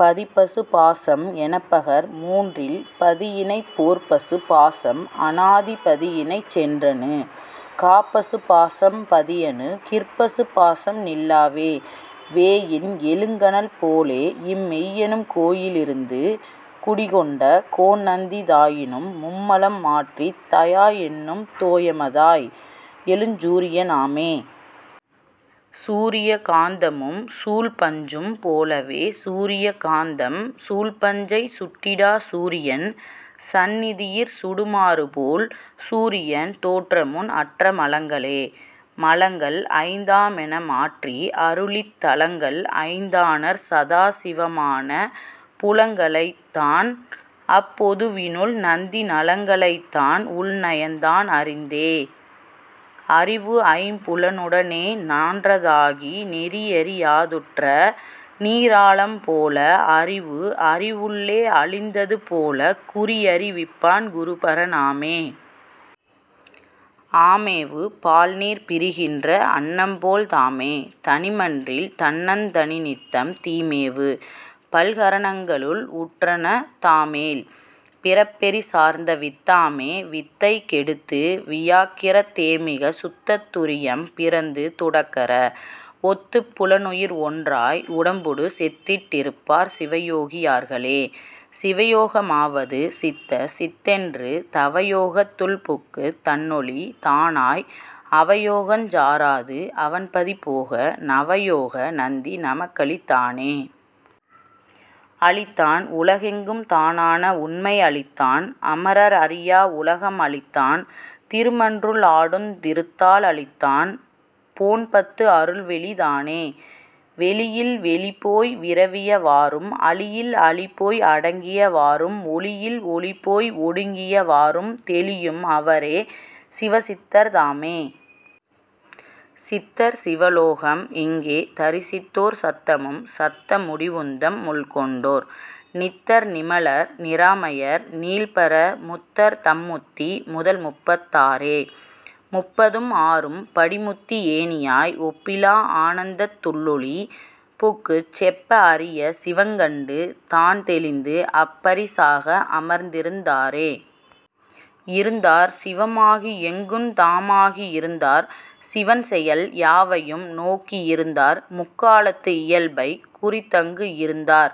பதிபசு பாசம் எனப்பகர் மூன்றில் பதியினைப் போற்பசு பாசம் அனாதி பதியினைச் சென்றணு காப்பசு பாசம் பதியணு கிற்பசு பாசம் நில் லாவே. வேயின் எழுங்கனல் போலேஇம் மெய்யெனும் கோயி லிருந்து குடிகொண்ட கோன்நந்தி தாயினும் மும்மலம் மாற்றித் தயாஎன்னும் தோயம தாய் எழுஞ் சூரிய னாமே. சூரிய காந்தமும் சூழ்பஞ்சும் போலவே சூரிய காந்தம் சூழ்பஞ்சைச் சுட்டிடா சூரியன் சந்நிதி யிற்சுடு மாறுபோல் சூரியன் தோற்றமுன் அற்ற மலங்களே. மலங்கள்ஐந் தாமென மாற்றி அருளித் தலங்கள்ஐந் தானற் சதாசிவ மான புலங்களைந் தான்அப் பொதுவினுள் நந்தி நலங்களைந் தான்உள் நயந்தான் அறிந்தே. அறிவுஐம் புலனுட னேநான் றதாகி நெறியறி யாதுற்ற நீர்ஆலம் போல அறிவுஅறி வுள்ளே அலிந்தது போலக் குறியறி விப்பான் குருபர னாமே. ஆமேவு பால்நீர் பிரிக்கின்ற அன்னம்போல் தாமே தனிமன்றில் தன்னந் தனிநித்தம் தீமேவு பல்கர ணங்களுள் உற்றன தாமேல் பிறப்பெரி சார்ந்தவித் தாமே. வித்தைக் கெடுத்து வியாக்கிரத் தேமிகச் சுத்தத் துரியம் பிறந்து துடக்கற ஒத்துப் புலனுயிர் ஒன்றாய் உடம்பொடு செத்திட் டிருப்பார் சிவயோகி யார்களே. சிவயோக மாவது சித்தசித் தென்று தவயோகத் துள்புக்குத் தன்னொளி தானாய் அவயோகஞ் சாராது அவன்பதி போக நவயோக நந்தி நமக்களித் தானே. அளித்தான் உலகெங்கும் தானான உண்மை அளித்தான் அமரர் அறியா உலகம் அளித்தான் திருமன்றுள் ஆடுந் திருத்தாள் அளித்தான் போன்பத்து அருள்வெளி தானே. வெளியில் வெளிபோய் விரவிய வாறும் அளியில் அளிபோய் அடங்கிய வாறும் ஒளியில் ஒளிபோய் ஒடுங்கிய வாறும் தெளியும் அவரே சிவ சித்தர் தாமே. சித்தர் சிவலோகம் இங்கே தரிசித்தோர் சத்தமும் சத்த முடிவுந்தம் முள்கொண்டோர் நித்தர் நிமலர் நிராமயர் நீள்பர முத்தர்தம் முத்தி முதல்முப்பத் தாறே. முப்பதும் ஆறும் படிமுத்தி ஏணியாய் ஒப்பிலா ஆனந்தத் துள்ளொளி புக்குச் செப்ப அரிய சிவங்கண்டு தான்தெளிந்து அப்பரி சாக அமர்ந்திருந் தாரே. இருந்தார் சிவமாகி எங்குந் தாமாகி இருந்தார் சிவன்செயல் யாவையும் நோக்கி இருந்தார் முக்காலத்து இயல்பைக் குறித்தங்கு இருந்தார்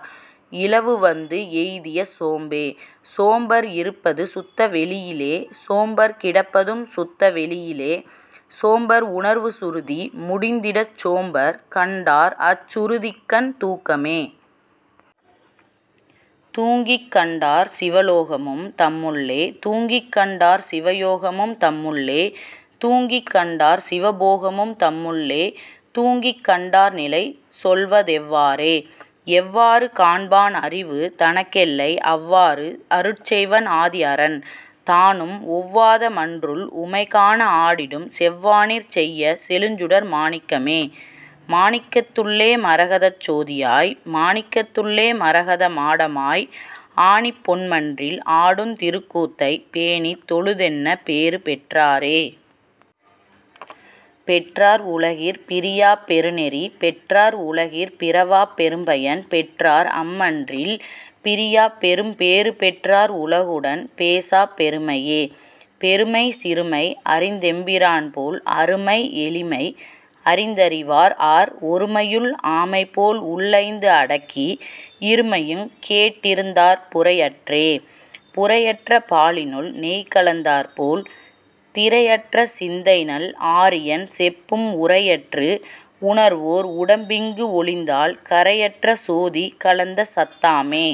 இலவுவந்து எய்திய சோம்பே. சோம்பர் இருப்பது சுத்த வெளியிலே சோம்பர் கிடப்பதும் சுத்த வெளியிலே சோம்பர் உணர்வு சுருதி முடிந்திடஞ் சோம்பர் கண் டார்அச் சுருதிக்கண் தூக்கமே. தூங்கிக்கண் டார்சிவ லோகமும் தம்முள்ளே தூங்கிக்கண் டார்சிவ யோகமும் தம்முள்ளே தூங்கிக்கண் டார்சிவ போகமும் தம்முள்ளே தூங்கிக்கண் டார்நிலை சொல்வதெவ் வாறே. எவ்வாறு காண்பான் அறிவு தனக்கெல்லை அவ்வாறு அருட்செய்வன் ஆதிஅரன் தானும் ஒவ்வாத மன்றுள் உமைகாண ஆடிடும் செவ்வானிற் செய்ய செலுஞ்சுடர் மாணிக்கமே. மாணிக்கத் துள்ளே மரகதச் சோதியாய் மாணிக்கத் துள்ளே மரகத மாடமாய் ஆணிப்பொன் மன்றில் ஆடுந் திருக்கூத்தைப் பேணித் தொலுதென்ன பேறுபெற் றாரே. பெற்றார் உலகிற் பிரியாப் பெருநெறி பெற்றார் உலகிற் பிறவாப் பெரும்பயன் பெற்றார் அம்மன்றில் பிரியாப் பெரும்பேறு பெற்றார் உலகுடன் பேசாப் பெருமையே. பெருமை சிறுமை அறிந்தெம் பிரான்போல் அருமை எளிமை அறிந்தறி வார்ஆர் ஒருமையுள் ஆமைபோல் உள்ஐந்து அடக்கி இருமையுங் கேட்டிருந் தார்புரை அற்றே. புரைஅற்ற பாலினுள் நெய்கலந் தாற்போல் திரைஅற்ற சிந்தைநல் ஆரியன் செப்பும் உரையற்று உணர்வோர் உடம்பிங்கு ஒலிந்தால் கரையற்ற சோதி கலந்தசத் தாமே.